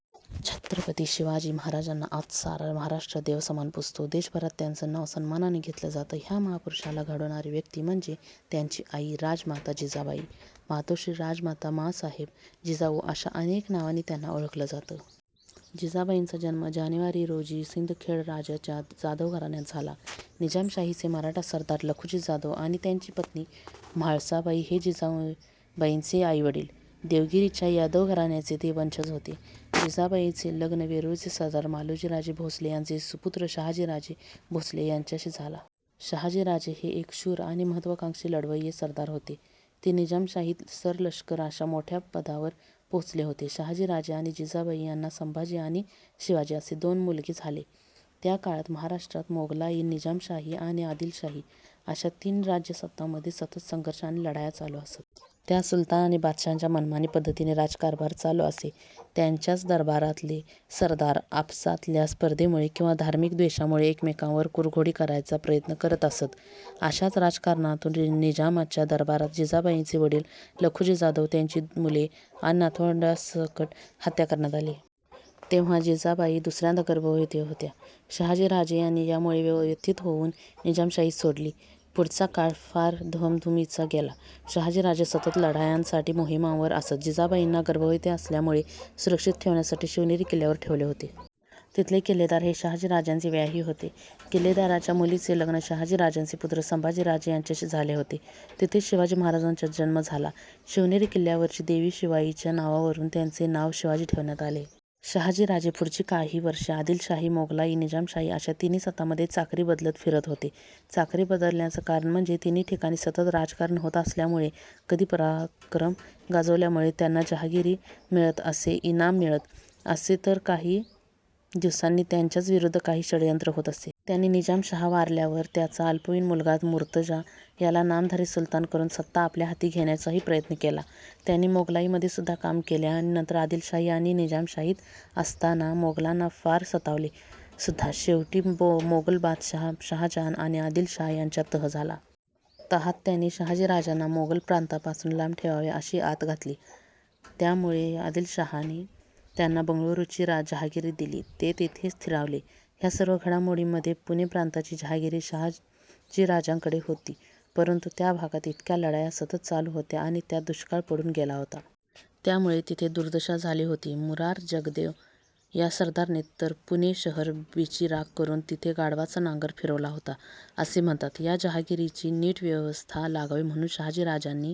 छत्रपती शिवाजी महाराजांना आज सारा महाराष्ट्र देवासमान पुजतो. देशभरात त्यांचं नाव सन्मानानं घेतलं जातं. ह्या महापुरुषाला घडवणारी व्यक्ती म्हणजे त्यांची आई. राजमाता जिजाबाई. मातोश्री, राजमाता, मांसाहेब, जिजाऊ अशा अनेक नावांनी त्यांना ओळखलं जातं. जिजाबाईंचा जन्म जानेवारी रोजी सिंदखेडराजाच्या जाधव घराण्यात झाला. निजामशाहीचे मराठा सरदार लखुजी जाधव आणि त्यांची पत्नी म्हाळसाबाई हे जिजाबाईंचे आईवडील. देवगिरीच्या यादव घराण्याचे ते वंशज होते. जिजाबाईंचे लग्न वेरूळचे सरदार मालोजीराजे भोसले यांचे सुपुत्र शहाजीराजे भोसले यांच्याशी झाला. शहाजीराजे हे एक शूर आणि महत्वाकांक्षी लढवैये सरदार होते. ते निजामशाहीत सर-लष्कर अशा मोठ्या पदावर पोहोचले होते. शहाजीराजे आणि जिजाबाई यांना संभाजी आणि शिवाजी असे दोन मुलगे झाले. त्या काळात महाराष्ट्रात मोगलाई, निजामशाही आणि आदिलशाही अशा तीन राज्यसत्तांमध्ये सतत संघर्ष आणि लढाया चालु असत. त्या सुलतान आणि बादशाहांचा मनमानी पद्धतीने राज्यकारभार चालु असे. त्यांच्याच दरबारातले सरदार आपसातल्या स्पर्धेमुळे किंवा धार्मिक द्वेषामुळे एकमेकांवर कुरघोडी करायचा प्रयत्न करत असत. अशाच राजकारणातुन निजामाच्या दरबारात जिजाबाईंचे वडील लखुजी जाधव, त्यांची मुले आणि नातवंडांसकट हत्या करण्यात आली. तेव्हा जिजाबाई दुसऱ्यांदा गर्भवती होत्या. शहाजी राजे यांनी यामुळे व्यथित होऊन निजामशाही सोडली. पुढचा काळ फार धामधुमीचा गेला. शहाजी राजे सतत लढायांसाठी मोहिमांवर असत. जिजाबाईंना गर्भवती असल्यामुळे सुरक्षित ठेवण्यासाठी शिवनेरी किल्ल्यावर ठेवले होते. तिथले किल्लेदार हे शहाजी राजांचे व्याही होते. किल्लेदाराच्या मुलीचे लग्न शहाजी राजांचे पुत्र संभाजी राजे यांच्याशी झाले होते. तिथेच शिवाजी महाराजांचा जन्म झाला. शिवनेरी किल्ल्यावरची देवी शिवाईच्या नावावरून त्यांचे नाव शिवाजी ठेवण्यात आले. शहाजी राजे पुढची काही वर्षे आदिलशाही, मोगलाई, निजामशाही अशा तिन्ही सत्तांमध्ये चाकरी बदलत फिरत होते. चाकरी बदलण्याच कारण म्हणजे तिन्ही ठिकाणी सतत राजकारण होत असल्यामुळे कधी पराक्रम गाजवल्यामुळे त्यांना जहागिरी मिळत असे, इनाम मिळत असे तर काही दिवसांनी त्यांच्याच विरुद्ध काही षडयंत्र होत असे. त्यांनी निजामशहा वारल्यावर त्याचा अल्पवयीन मुलगा मुर्तझा याला नामधारी सुलतान करून सत्ता आपल्या हाती घेण्याचाही प्रयत्न केला. त्यांनी मोगलाईमध्ये सुद्धा काम केले आणि नंतर आदिलशाही आणि निजामशाहीत असताना मोगलांना फार सतावले सुद्धा शेवटी मोगल बादशाह शहाजहान आणि आदिलशाह यांच्यात तह झाला. तहात त्यांनी शहाजी राजांना मोगल प्रांतापासुन लांब ठेवावे अशी आत घातली. त्यामुळे आदिलशाहने त्यांना बंगळुरूची जहागिरी दिली. ते तिथे स्थिरावले. ह्या सर्व घडामोडींमध्ये पुणे प्रांताची जहागिरी शहाजीराजांकडे होती परंतु त्या भागात इतक्या लढाया सतत चालु होत्या आणि त्यात दुष्काळ पडून गेला होता. त्यामुळे तिथे दुर्दशा झाली होती. मुरार जगदेव या सरदाराने तर पुणे शहर बेचिराख करून तिथे गाढवाचा नांगर फिरवला होता असे म्हणतात. या जहागिरीची नीट व्यवस्था लागावी म्हणून शहाजीराजांनी